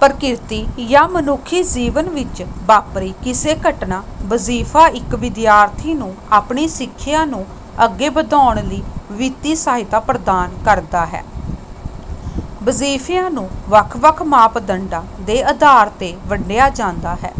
ਪ੍ਰਕਿਰਤੀ ਜਾਂ ਮਨੁੱਖੀ ਜੀਵਨ ਵਿੱਚ ਵਾਪਰੀ ਕਿਸੇ ਘਟਨਾ। ਵਜੀਫਾ ਇੱਕ ਵਿਦਿਆਰਥੀ ਨੂੰ ਆਪਣੀ ਸਿੱਖਿਆ ਨੂੰ ਅੱਗੇ ਵਧਾਉਣ ਲਈ ਵਿੱਤੀ ਸਹਾਇਤਾ ਪ੍ਰਦਾਨ ਕਰਦਾ ਹੈ। ਵਜੀਫਿਆਂ ਨੂੰ ਵੱਖ ਵੱਖ ਮਾਪਦੰਡਾਂ ਦੇ ਆਧਾਰ ਤੇ ਵੰਡਿਆ ਜਾਂਦਾ ਹੈ,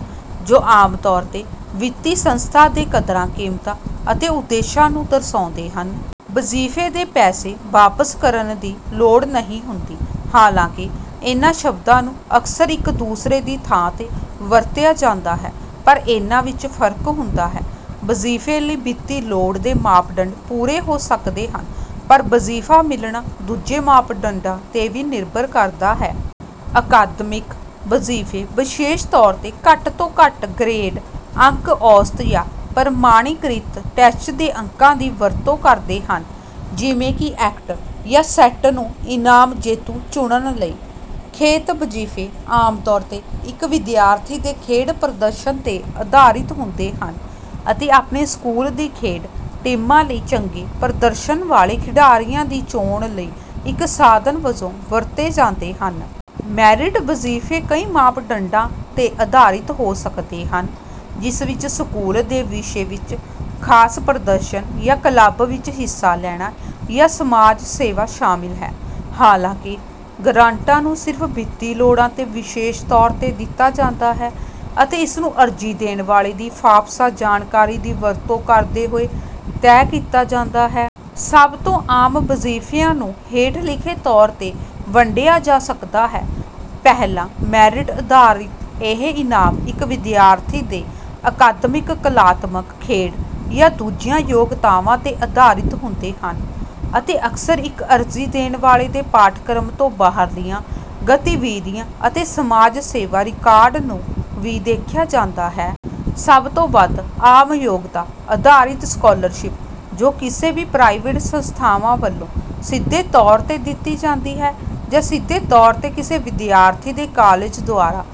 ਜੋ ਆਮ ਤੌਰ ਤੇ ਵਿੱਤੀ ਸੰਸਥਾ ਦੇ ਕਦਰਾਂ ਕੀਮਤਾਂ ਅਤੇ ਉਦੇਸ਼ਾਂ ਨੂੰ ਦਰਸਾਉਂਦੇ ਹਨ। ਵਜੀਫੇ ਦੇ ਪੈਸੇ ਵਾਪਸ ਕਰਨ ਦੀ ਲੋੜ ਨਹੀਂ ਹੁੰਦੀ। ਹਾਲਾਂਕਿ ਇਨ੍ਹਾਂ ਸ਼ਬਦਾਂ ਨੂੰ ਅਕਸਰ ਇੱਕ ਦੂਸਰੇ ਦੀ ਥਾਂ ਤੇ ਵਰਤਿਆ ਜਾਂਦਾ ਹੈ, ਪਰ ਇਨ੍ਹਾਂ ਵਿੱਚ ਫਰਕ ਹੁੰਦਾ ਹੈ। ਵਜੀਫੇ ਲਈ ਵਿੱਤੀ ਲੋੜ ਦੇ ਮਾਪਦੰਡ ਪੂਰੇ ਹੋ ਸਕਦੇ ਹਨ ਪਰ ਵਜੀਫਾ ਮਿਲਣਾ ਦੂਜੇ ਮਾਪਦੰਡਾਂ ਤੇ ਵੀ ਨਿਰਭਰ ਕਰਦਾ ਹੈ। ਅਕਾਦਮਿਕ ਵਜੀਫੇ ਵਿਸ਼ੇਸ਼ ਤੌਰ ਤੇ ਘੱਟ ਤੋਂ ਘੱਟ ਗਰੇਡ ਅੰਕ ਔਸਤ ਜਾਂ ਪ੍ਰਮਾਣੀਕ੍ਰਿਤ ਟੈਸਟ ਦੇ ਅੰਕਾਂ ਦੀ ਵਰਤੋਂ ਕਰਦੇ ਹਨ ਜਿਵੇਂ ਕਿ ਐਕਟ ਜਾਂ ਸੈਟ ਨੂੰ ਇਨਾਮ ਜੇਤੂ ਚੁਣਨ ਲਈ। ਖੇਡ ਵਜੀਫੇ ਆਮ ਤੌਰ ਤੇ ਇੱਕ ਵਿਦਿਆਰਥੀ ਦੇ ਖੇਡ ਪ੍ਰਦਰਸ਼ਨ ਤੇ ਆਧਾਰਿਤ ਹੁੰਦੇ ਹਨ ਅਤੇ ਆਪਣੇ ਸਕੂਲ ਦੀ ਖੇਡ ਟੀਮਾਂ ਲਈ ਚੰਗੇ ਪ੍ਰਦਰਸ਼ਨ ਵਾਲੇ ਖਿਡਾਰੀਆਂ ਦੀ ਚੋਣ ਲਈ ਇੱਕ ਸਾਧਨ ਵਜੋਂ ਵਰਤੇ ਜਾਂਦੇ ਹਨ। ਮੈਰਿਟ ਵਜੀਫੇ ਕਈ ਮਾਪਦੰਡਾਂ ਤੇ ਆਧਾਰਿਤ ਹੋ ਸਕਦੇ ਹਨ, ਜਿਸ ਵਿੱਚ ਸਕੂਲ ਦੇ ਵਿਸ਼ੇ ਵਿੱਚ ਖਾਸ ਪ੍ਰਦਰਸ਼ਨ ਜਾਂ ਕਲੱਬ ਵਿੱਚ ਹਿੱਸਾ ਲੈਣਾ ਜਾਂ ਸਮਾਜ ਸੇਵਾ ਸ਼ਾਮਿਲ ਹੈ। ਹਾਲਾਂਕਿ, ਗ੍ਰਾਂਟਾਂ ਨੂੰ ਸਿਰਫ ਵਿੱਤੀ ਲੋੜਾਂ ਤੇ ਵਿਸ਼ੇਸ਼ ਤੌਰ ਤੇ ਦਿੱਤਾ ਜਾਂਦਾ ਹੈ ਅਤੇ ਇਸਨੂੰ ਅਰਜ਼ੀ ਦੇਣ ਵਾਲੇ ਦੀ ਫਾਫਸਾ ਜਾਣਕਾਰੀ ਦੀ ਵਰਤੋਂ ਕਰਦੇ ਹੋਏ ਤੈਅ ਕੀਤਾ ਜਾਂਦਾ ਹੈ। ਸਭ ਤੋਂ ਆਮ ਵਜੀਫਿਆਂ ਨੂੰ ਹੇਠ ਲਿਖੇ ਤੌਰ ਤੇ ਵੰਡਿਆ ਜਾ ਸਕਦਾ ਹੈ ਪਹਿਲਾ ਮੈਰਿਟ ਆਧਾਰਿਤ ਇਹ ਇਨਾਮ ਇੱਕ ਵਿਦਿਆਰਥੀ ਦੇ ਅਕਾਦਮਿਕ, ਕਲਾਤਮਕ, ਖੇਡ ਜਾਂ ਦੂਜੀਆਂ ਯੋਗਤਾਵਾਂ ਤੇ ਆਧਾਰਿਤ ਹੁੰਦੇ ਹਨ, ਅਤੇ ਅਕਸਰ ਇੱਕ ਅਰਜ਼ੀ ਦੇਣ ਵਾਲੇ ਦੇ ਪਾਠਕ੍ਰਮ ਤੋਂ ਬਾਹਰਲੀਆਂ ਗਤੀਵਿਧੀਆਂ ਅਤੇ ਸਮਾਜ ਸੇਵਾ ਰਿਕਾਰਡ ਨੂੰ ਵੀ ਦੇਖਿਆ ਜਾਂਦਾ ਹੈ। ਸਭ ਤੋਂ ਵੱਧ ਆਮ ਯੋਗਤਾ-ਆਧਾਰਿਤ ਸਕਾਲਰਸ਼ਿਪ, ਜੋ ਕਿਸੇ ਵੀ ਪ੍ਰਾਈਵੇਟ ਸੰਸਥਾਵਾਂ ਵੱਲੋਂ ਸਿੱਧੇ ਤੌਰ ਤੇ ਦਿੱਤੀ ਜਾਂਦੀ ਹੈ ਜਾਂ ਸਿੱਧੇ ਤੌਰ ਤੇ ਕਿਸੇ ਵਿਦਿਆਰਥੀ ਦੇ ਕਾਲਜ ਦੁਆਰਾ,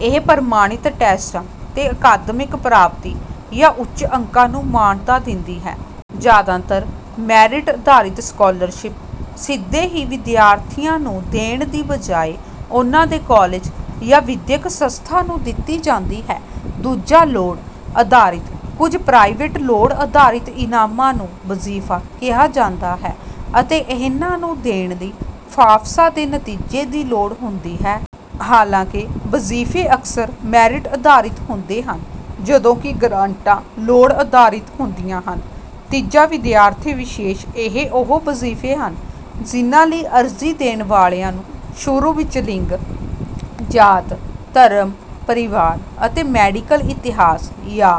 ਇਹ ਪ੍ਰਮਾਣਿਤ ਟੈਸਟਾਂ ਤੇ ਅਕਾਦਮਿਕ ਪ੍ਰਾਪਤੀ ਜਾਂ ਉੱਚ ਅੰਕਾਂ ਨੂੰ ਮਾਨਤਾ ਦਿੰਦੀ ਹੈ। ਜ਼ਿਆਦਾਤਰ ਮੈਰਿਟ-ਆਧਾਰਿਤ ਸਕਾਲਰਸ਼ਿਪ ਸਿੱਧੇ ਹੀ ਵਿਦਿਆਰਥੀਆਂ ਨੂੰ ਦੇਣ ਦੀ ਬਜਾਏ ਉਨ੍ਹਾਂ ਦੇ ਕਾਲਜ ਜਾਂ ਵਿਦਿਅਕ ਸੰਸਥਾ ਨੂੰ ਦਿੱਤੀ ਜਾਂਦੀ ਹੈ। ਦੂਜਾ ਲੋੜ-ਆਧਾਰਿਤ: ਕੁਝ ਪ੍ਰਾਈਵੇਟ ਲੋੜ ਆਧਾਰਿਤ ਇਨਾਮਾਂ ਨੂੰ ਵਜੀਫਾ ਕਿਹਾ ਜਾਂਦਾ ਹੈ, ਅਤੇ ਇਹਨਾਂ ਨੂੰ ਦੇਣ ਲਈ ਫਾਫਸਾ ਦੇ ਨਤੀਜੇ ਦੀ ਲੋੜ ਹੁੰਦੀ ਹੈ। ਹਾਲਾਂਕਿ, ਵਜੀਫੇ ਅਕਸਰ ਮੈਰਿਟ ਆਧਾਰਿਤ ਹੁੰਦੇ ਹਨ, ਜਦੋਂ ਕਿ ਗ੍ਰਾਂਟਾਂ ਲੋੜ ਆਧਾਰਿਤ ਹੁੰਦੀਆਂ ਹਨ। ਤੀਜਾ ਵਿਦਿਆਰਥੀ-ਵਿਸ਼ੇਸ਼ ਇਹ ਉਹ ਵਜੀਫੇ ਹਨ ਜਿਨ੍ਹਾਂ ਲਈ ਅਰਜ਼ੀ ਦੇਣ ਵਾਲਿਆਂ ਨੂੰ ਸ਼ੁਰੂ ਵਿੱਚ ਲਿੰਗ, ਜਾਤ, ਧਰਮ, ਪਰਿਵਾਰ ਅਤੇ ਮੈਡੀਕਲ ਇਤਿਹਾਸ, ਜਾਂ